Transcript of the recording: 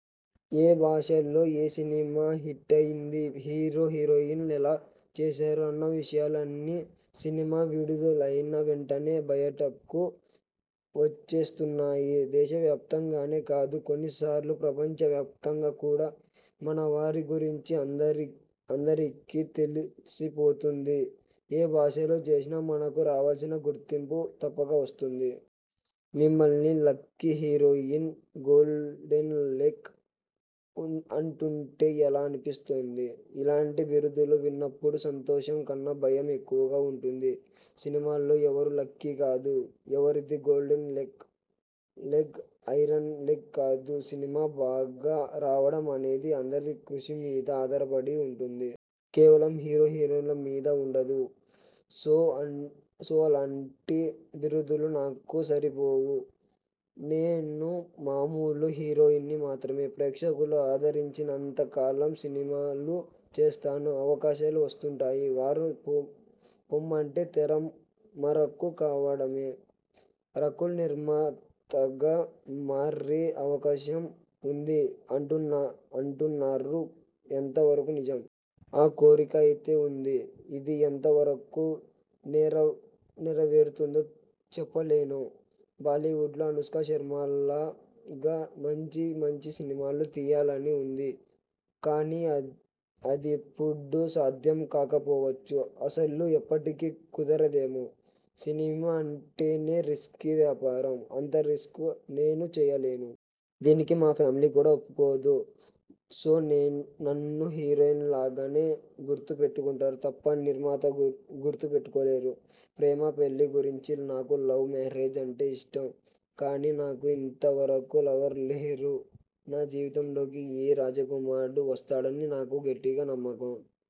ఏ భాషలో ఏ సినిమా హిట్టయింది హీరో హీరోయిన్లు ఎలా చేశారు అన్న విషయాలు అన్నీ సినిమా విడుదలైన వెంటనే బయటకు వచ్చేస్తున్నాయి. దేశవ్యాప్తంగానే కాదు, కొన్నిసార్లు ప్రపంచవ్యాప్తంగా కూడా మనవారి గురించి అందరికీ తెలిసిపోతోంది. ఏ భాషలో చేసినా మనకు రావలసిన గుర్తింపు తప్పక వస్తుంది. మిమ్మల్ని లక్కీ హీరోయిన్, గోల్డెన్ లెగ్ అంటూంటే ఎలా అనిపిస్తుంది? ఇలాంటి బిరుదులు విన్నప్పుడు సంతోషం కన్నా భయం ఎక్కువగా ఉంటుంది. సినిమాల్లో ఎవరూ లక్కీ కాదు. ఎవరిదీ గోల్డెన్ లెగ్, ఐరెన్ లెగ్ కాదు. సినిమా బాగా రావడం అనేది అందరి కృషి మీద ఆధారపడి ఉంటుంది. కేవలం హీరో హీరోయిన్ల మీద ఉండదు. సో అలాంటి బిరుదులు నాకు సరిపోవు. నేను మామూలు హీరోయిన్ని మాత్రమే! ప్రేక్షకులు ఆదరించినంత కాలం సినిమాలు చేస్తాను. అవకాశాలు వస్తుంటాయి. వారు పొమ్మంటే తెర మరుగు కావడమే! రకూల్ నిర్మాతగా మారే అవకాశం ఉంది అంటున్నారు ఎంత వరకు నిజం? ఆ కోరిక అయితే ఉంది. ఇది ఎంత వరకూ నెరవేరుతుందో చెప్పలేను. బాలీవుడ్లో అనుష్క శర్మ లాగా మంచి మంచి సినిమాలు తీయాలని ఉంది. కానీ అదిప్పుడు సాధ్యం కాకపోవచ్చు. అసలు ఎప్పటికీ కుదరదేమో! సినిమా అంటేనే రిస్కీ వ్యాపారం. అంత రిస్క్ నేను చేయలేను. దీనికి మా ఫ్యామిలీ కూడా ఒప్పుకోదు. సో నన్ను హీరోయిన్గానే గుర్తు పెట్టుకుంటారు తప్ప నిర్మాతగా గుర్తు పెట్టుకోలేరు. ప్రేమా పెళ్ళి గురించి నాకు లవ్ మ్యారేజ్ అంటే ఇష్టం. కానీ నాకు ఇంత వరకూ లవర్ లేరు. నా జీవితంలోకి ఏ రాజకుమారుడు వస్తాడని నా గట్టి నమ్మకం.